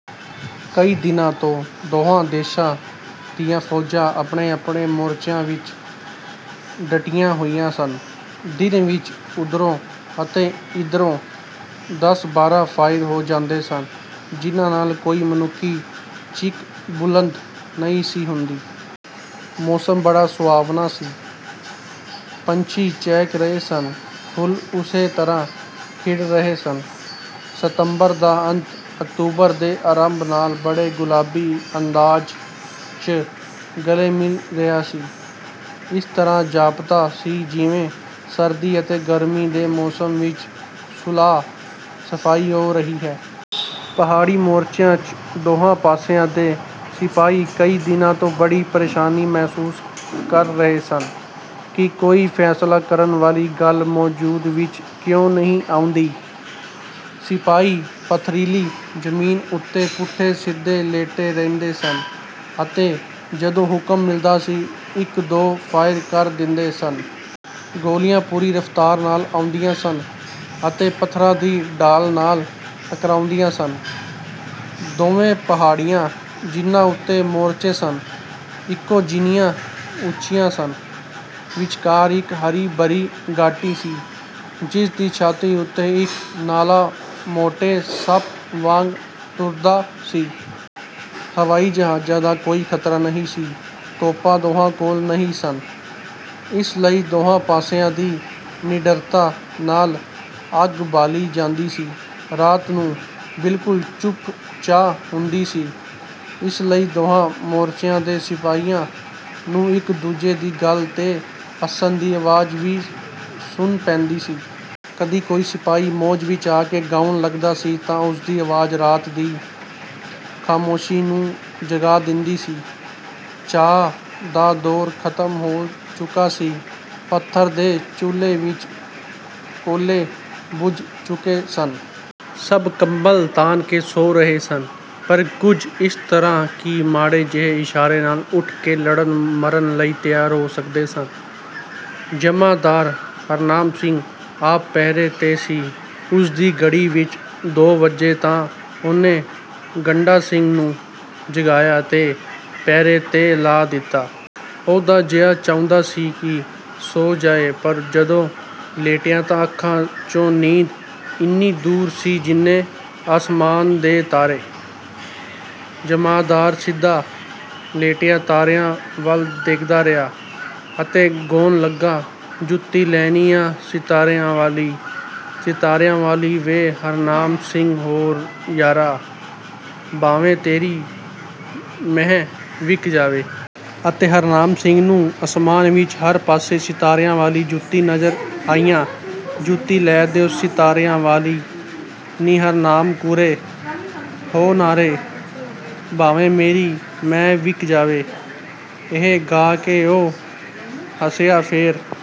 ਕਈ ਦਿਨਾਂ ਤੋਂ ਦੋਹਾਂ ਦੇਸ਼ਾਂ ਦੀਆਂ ਫੌਜਾਂ ਆਪਣੇ-ਆਪਣੇ ਮੋਰਚਿਆਂ ਵਿਚ ਡਟੀਆਂ ਹੋਈਆਂ ਸਨ। ਦਿਨ ਵਿਚ ਓਧਰੋਂ ਅਤੇ ਇਧਰੋਂ ਦਸ ਬਾਰਾਂ ਫ਼ਾਇਰ ਹੋ ਜਾਂਦੇ ਸਨ, ਜਿਨ੍ਹਾਂ ਨਾਲ ਕੋਈ ਮਨੁੱਖੀ ਚੀਕ ਬੁਲੰਦ ਨਹੀਂ ਸੀ ਹੁੰਦੀ। ਮੌਸਮ ਬੜਾ ਸੁਹਾਵਣਾ ਸੀ। ਪੰਛੀ ਚਹਿਕ ਰਹੇ ਸਨ। ਫੁੱਲ ਉਸੇ ਤਰ੍ਹਾਂ ਖਿੜ ਰਹੇ ਸਨ। ਸਤੰਬਰ ਦਾ ਅੰਤ ਅਕਤੂਬਰ ਦੇ ਅਰੰਭ ਨਾਲ ਬੜੇ ਗੁਲਾਬੀ ਅੰਦਾਜ਼ ਚ ਗਲੇ ਮਿਲ ਰਿਹਾ ਸੀ। ਇਸ ਤਰ੍ਹਾਂ ਜਾਪਦਾ ਸੀ ਜਿਵੇਂ ਸਰਦੀ ਅਤੇ ਗਰਮੀ ਦੇ ਮੌਸਮ ਵਿਚ ਸੁਲਾਹ ਸਫਾਈ ਹੋ ਰਹੀ ਹੈ। ਪਹਾੜੀ ਮੋਰਚਿਆਂ ਚ ਦੋਹਾਂ ਪਾਸਿਆਂ ਦੇ ਸਿਪਾਹੀ ਕਈ ਦਿਨਾਂ ਤੋਂ ਬੜੀ ਪਰੇਸ਼ਾਨੀ ਮਹਿਸੂਸ ਕਰ ਰਹੇ ਸਨ ਕਿ ਕੋਈ ਫ਼ੈਸਲਾ ਕਰਨ ਵਾਲੀ ਗੱਲ ਮੌਜੂਦ ਵਿਚ ਕਿਉਂ ਨਹੀਂ ਆਉਂਦੀ? ਸਿਪਾਹੀ ਪੱਥਰੀਲੀ ਜ਼ਮੀਨ ਉਤੇ ਪੁੱਠੇ ਸਿੱਧੇ ਲੇਟੇ ਰਹਿੰਦੇ ਸਨ ਅਤੇ ਜਦੋਂ ਹੁਕਮ ਮਿਲਦਾ ਸੀ, ਇਕ ਦੋ ਫ਼ਾਇਰ ਕਰ ਦਿੰਦੇ ਸਨ। ਗੋਲੀਆਂ ਪੂਰੀ ਰਫ਼ਤਾਰ ਨਾਲ ਆਉਂਦੀਆਂ ਸਨ ਅਤੇ ਪੱਥਰਾਂ ਦੀ ਢਾਲ ਨਾਲ ਟਕਰਾਉਂਦੀਆਂ ਸਨ। ਦੋਵੇਂ ਪਹਾੜੀਆਂ, ਜਿਨ੍ਹਾਂ ਉਤੇ ਮੋਰਚੇ ਸਨ, ਇਕੋ ਜਿੰਨੀਆਂ ਉਚੀਆਂ ਸਨ। ਵਿਚਕਾਰ ਇਕ ਹਰੀ ਭਰੀ ਘਾਟੀ ਸੀ, ਜਿਸ ਦੀ ਛਾਤੀ ਉਤੇ ਇਕ ਨਾਲਾ ਮੋਟੇ ਸੱਪ ਵਾਗ ਟੁਰਦਾ ਸੀ। ਹਵਾਈ ਜਹਾਜਾਂ ਦਾ ਕੋਈ ਖ਼ਤਰਾ ਨਹੀਂ ਸੀ। ਤੋਪਾਂ ਦੋਹਾਂ ਕੋਲ ਨਹੀਂ ਸਨ। ਇਸ ਲਈ ਦੋਹਾਂ ਪਾਸਿਆਂ ਦੀ ਨਿਡਰਤਾ ਨਾਲ ਅੱਗ ਬਾਲੀ ਜਾਂਦੀ ਸੀ। ਰਾਤ ਨੂੰ ਬਿਲਕੁਲ ਚੁੱਪ-ਚਾਂ ਹੁੰਦੀ ਸੀ, ਇਸ ਲਈ ਦੋਹਾਂ ਮੋਰਚਿਆਂ ਦੇ ਸਿਪਾਹੀਆਂ ਨੂੰ ਇਕ ਦੂਜੇ ਦੀ ਗੱਲ 'ਤੇ ਹੱਸਣ ਦੀ ਆਵਾਜ਼ ਵੀ ਸੁਣ ਪੈਂਦੀ ਸੀ। ਕਦੀ ਕੋਈ ਸਿਪਾਹੀ ਮੌਜ ਵਿਚ ਆ ਕੇ ਗਾਉਣ ਲੱਗਦਾ ਸੀ ਤਾਂ ਉਸਦੀ ਆਵਾਜ਼ ਰਾਤ ਦੀ ਖ਼ਾਮੋਸ਼ੀ ਨੂੰ ਜਗਾ ਦਿੰਦੀ ਸੀ। ਚਾਹ ਦਾ ਦੌਰ ਖ਼ਤਮ ਹੋ ਚੁੱਕਾ ਸੀ। ਪੱਥਰ ਦੇ ਚੁੱਲ੍ਹੇ ਵਿਚ ਕੋਲੇ ਬੁਝ ਚੁੱਕੇ ਸਨ। ਸਭ ਕੰਬਲ ਤਾਣ ਕੇ ਸੌਂ ਰਹੇ ਸਨ, ਪਰ ਕੁੱਝ ਇਸ ਤਰ੍ਹਾਂ ਕਿ ਮਾੜੇ ਜਿਹੇ ਇਸ਼ਾਰੇ ਨਾਲ ਉਠ ਕੇ ਲੜਨ ਮਰਨ ਲਈ ਤਿਆਰ ਹੋ ਸਕਦੇ ਸਨ। ਜਮਾਂਦਾਰ ਹਰਨਾਮ ਸਿੰਘ ਆਪ ਪਹਿਰੇ 'ਤੇ ਸੀ। ਉਸ ਦੀ ਘੜੀ ਵਿਚ ਦੋ ਵੱਜੇ ਤਾਂ ਉਹਨੇ ਗੰਡਾ ਸਿੰਘ ਨੂੰ ਜਗਾਇਆ ਤੇ ਪਹਿਰੇ ਤੇ ਲਾ ਦਿੱਤਾ। ਉਹਦਾ ਜੀਅ ਚਾਹੁੰਦਾ ਸੀ ਕਿ ਸੌ ਜਾਏ, ਪਰ ਜਦੋਂ ਲੇਟਿਆ ਤਾਂ ਅੱਖਾਂ ਚੋਂ ਨੀਂਦ ਇੰਨੀ ਦੂਰ ਸੀ ਜਿੰਨੇ ਅਸਮਾਨ ਦੇ ਤਾਰੇ। ਜਮਾਂਦਾਰ ਸਿੱਧਾ ਲੇਟਿਆ ਤਾਰਿਆਂ ਵੱਲ ਵੇਖਦਾ ਰਿਹਾ, ਅਤੇ ਗੌਣ ਲੱਗਾ, "ਜੁੱਤੀ ਲੈਣੀ ਆ ਸਿਤਾਰਿਆਂ ਵਾਲੀ, ਸਿਤਾਰਿਆਂ ਵਾਲੀ ਵੇ ਹਰਨਾਮ ਸਿੰਘ ਹੋ ਯਾਰਾ, ਭਾਵੇਂ ਤੇਰੀ ਮਹਿੰ ਵਿਕ ਜਾਏ।" ਅਤੇ ਹਰਨਾਮ ਸਿੰਘ ਨੂੰ ਅਸਮਾਨ ਵਿਚ ਹਰ ਪਾਸੇ ਸਿਤਾਰਿਆਂ ਵਾਲੀਆਂ ਜੁੱਤੀਆਂ ਨਜ਼ਰ ਆਈਆਂ। ਜੁੱਤੀ ਲੈ ਦਿਉਂ ਸਿਤਾਰਿਆਂ ਵਾਲੀ ਨੀ ਹਰਨਾਮ ਕੁਰੇ, ਹੋ ਨਾਰੇ, ਭਾਵੇਂ ਮੇਰੀ ਮਹਿੰ ਵਿਕ ਜਾਏ। ਇਹ ਗਾ ਕੇ ਉਹ ਹੱਸਿਆ। ਫਿਰ